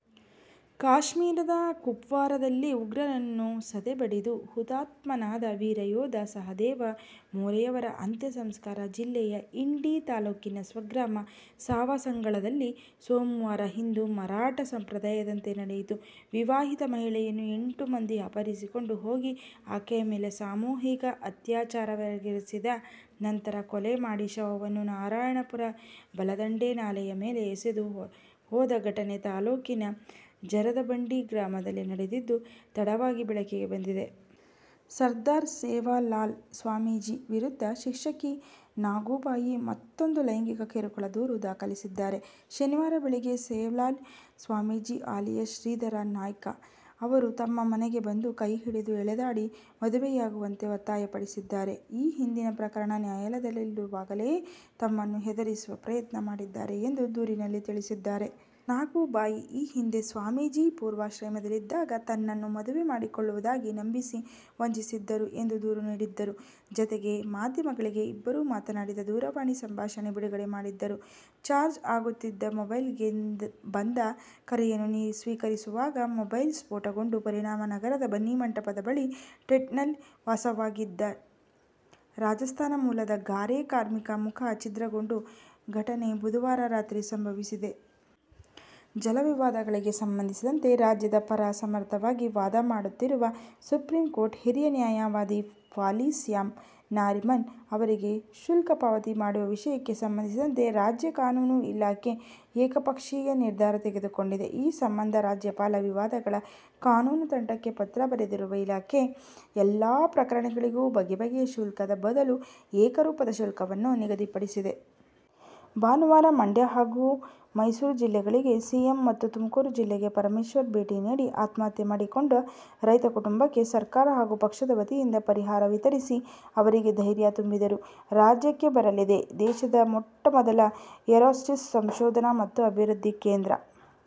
ಕಾಶ್ಮೀರದ ಕುಪ್ವಾರಾದಲ್ಲಿ ಉಗ್ರರನ್ನು ಸದೆಬಡಿದು ಹುತಾತ್ಮನಾದ ವೀರಯೋಧ ಸಹದೇವ ಮೋರೆಯವರ ಅಂತ್ಯಸಂಸ್ಕಾರ ಜಿಲ್ಲೆಯ ಇಂಡಿ ತಾಲೂಕಿನ ಸ್ವಗ್ರಾಮ ಸಾವಳಸಂಗದಲ್ಲಿ ಸೋಮವಾರ ಹಿಂದೂ ಮರಾಠ ಸಂಪ್ರದಾಯದಂತೆ ನಡೆಯಿತು. ವಿವಾಹಿತ ಮಹಿಳೆಯನ್ನು ಎಂಟು ಮಂದಿ ಅಪಹರಿಸಿಕೊಂಡು ಹೋಗಿ ಆಕೆಯ ಮೇಲೆ ಸಾಮೂಹಿಕ ಅತ್ಯಾಚಾರವೆಸಗಿದ ನಂತರ ಕೊಲೆ ಮಾಡಿ ಶವವನ್ನು ನಾರಾಯಣಪುರ ಬಲದಂಡೆ ನಾಲೆಯ ಮೇಲೆ ಎಸೆದು ಹೋದ ಘಟನೆ ತಾಲೂಕಿನ ಜರದಬಂಡಿ ಗ್ರಾಮದಲ್ಲಿ ನಡೆದಿದ್ದು, ತಡವಾಗಿ ಬೆಳಕಿಗೆ ಬಂದಿದೆ. ಸರ್ದಾರ್ ಸೇವಾಲಾಲ್ ಸ್ವಾಮೀಜಿ ವಿರುದ್ಧ ಶಿಕ್ಷಕಿ ನಾಗುಬಾಯಿ ಮತ್ತೂಂದು ಲೈಂಗಿಕ ಕಿರುಕುಳ ದೂರು ದಾಖಲಿಸಿದ್ದಾರೆ. ಶನಿವಾರ ಬೆಳಗ್ಗೆ ಸೇವಾಲಾಲ್ ಸ್ವಾಮೀಜಿ ಅಲಿಯಾಸ್ ಶ್ರೀಧರ ನಾಯ್ಕ ಅವರು ತಮ್ಮ ಮನೆಗೆ ಬಂದು ಕೈ ಹಿಡಿದು ಎಳೆದಾಡಿ, ಮದುವೆಯಾಗುವಂತೆ ಒತ್ತಾಯಪಡಿಸಿದ್ದಾರೆ. ಈ ಹಿಂದಿನ ಪ್ರಕರಣ ನ್ಯಾಯಾಲಯದಲ್ಲಿರುವಾಗಲೇ ತಮ್ಮನ್ನು ಹೆದರಿಸುವ ಪ್ರಯತ್ನ ಮಾಡಿದ್ದಾರೆ ಎಂದು ದೂರಿನಲ್ಲಿ ತಿಳಿಸಿದ್ದಾರೆ. ನಾಗುಬಾಯಿ ಈ ಹಿಂದೆ ಸ್ವಾಮೀಜಿ ಪೂರ್ವಾಶ್ರಮದಲ್ಲಿದ್ದಾಗ ತನ್ನನ್ನು ಮದುವೆ ಮಾಡಿಕೊಳ್ಳುವುದಾಗಿ ನಂಬಿಸಿ, ವಂಚಿಸಿದ್ದರು ಎಂದು ದೂರು ನೀಡಿದ್ದರು. ಜತೆಗೆ ಮಾಧ್ಯಮಗಳಿಗೆ ಇಬ್ಬರೂ ಮಾತನಾಡಿದ ದೂರವಾಣಿ ಸಂಭಾಷಣೆ ಬಿಡುಗಡೆ ಮಾಡಿದ್ದರು. ಚಾರ್ಜ್ ಆಗುತ್ತಿದ್ದ ಮೊಬೈಲ್ಗೆ ಬಂದ ಕರೆಯನ್ನು ಸ್ವೀಕರಿಸಿದಾಗ ಮೊಬೈಲ್ ಸ್ಫೋಟಗೊಂಡ ಪರಿಣಾಮ ನಗರದ ಬನ್ನಿಮಂಟಪದ ಬಳಿ ಟೆಂಟ್ನಲ್ಲಿ ವಾಸವಾಗಿದ್ದ ರಾಜಸ್ಥಾನ ಮೂಲದ ಗಾರೆ ಕಾರ್ಮಿಕನ ಮುಖ ಛಿದ್ರಗೊಂಡ ಘಟನೆ ಬುಧವಾರ ರಾತ್ರಿ ಸಂಭವಿಸಿದೆ. ಜಲ ವಿವಾದಗಳಿಗೆ ಸಂಬಂಧಿಸಿದಂತೆ ರಾಜ್ಯದ ಪರ ಸಮರ್ಥವಾಗಿ ವಾದ ಮಂಡಿಸುತ್ತಿರುವ ಸುಪ್ರೀಂಕೋರ್ಟ್ನ ಹಿರಿಯ ನ್ಯಾಯವಾದಿ ಫಾಲಿ ಸ್ಯಾಮ್ ನಾರಿಮನ್ ಅವರಿಗೆ ಶುಲ್ಕ ಪಾವತಿ ಮಾಡುವ ವಿಷಯಕ್ಕೆ ಸಂಬಂಧಿಸಿದಂತೆ ರಾಜ್ಯ ಕಾನೂನು ಇಲಾಖೆ ಏಕಪಕ್ಷೀಯ ನಿರ್ಧಾರ ತೆಗೆದುಕೊಂಡಿದೆ. ಈ ಸಂಬಂಧ ರಾಜ್ಯ ಜಲ ವಿವಾದಗಳ ಕಾನೂನು ತಂಡಕ್ಕೆ ಪತ್ರ ಬರೆದಿರುವ ಇಲಾಖೆ, ಎಲ್ಲ ಪ್ರಕರಣಗಳಿಗೂ ಬಗೆಬಗೆಯ ಶುಲ್ಕದ ಬದಲು ಏಕರೂಪದ ಶುಲ್ಕವನ್ನು ನಿಗದಿಪಡಿಸಿದೆ. ಭಾನುವಾರ ಮಂಡ್ಯ ಹಾಗೂ ಮೈಸೂರು ಜಿಲ್ಲೆಗಳಿಗೆ ಸಿಎಂ ಮತ್ತು ತುಮಕೂರು ಜಿಲ್ಲೆಗೆ ಪರಮೇಶ್ವರ್ ಭೇಟಿ ನೀಡಿ, ಆತ್ಮಹತ್ಯೆ ಮಾಡಿಕೊಂಡ ರೈತ ಕುಟುಂಬಕ್ಕೆ ಸರ್ಕಾರ ಹಾಗೂ ಪಕ್ಷದ ವತಿಯಿಂದ ಪರಿಹಾರ ವಿತರಿಸಿ, ಅವರಿಗೆ ಧೈರ್ಯ ತುಂಬಿದರು. ರಾಜ್ಯಕ್ಕೆ ಬರಲಿದೆ ದೇಶದ ಮೊಟ್ಟ ಮೊದಲ ಏರೋಸ್ಪೇಸ್ ಸಂಶೋಧನಾ ಮತ್ತು ಅಭಿವೃದ್ಧಿ ಕೇಂದ್ರ.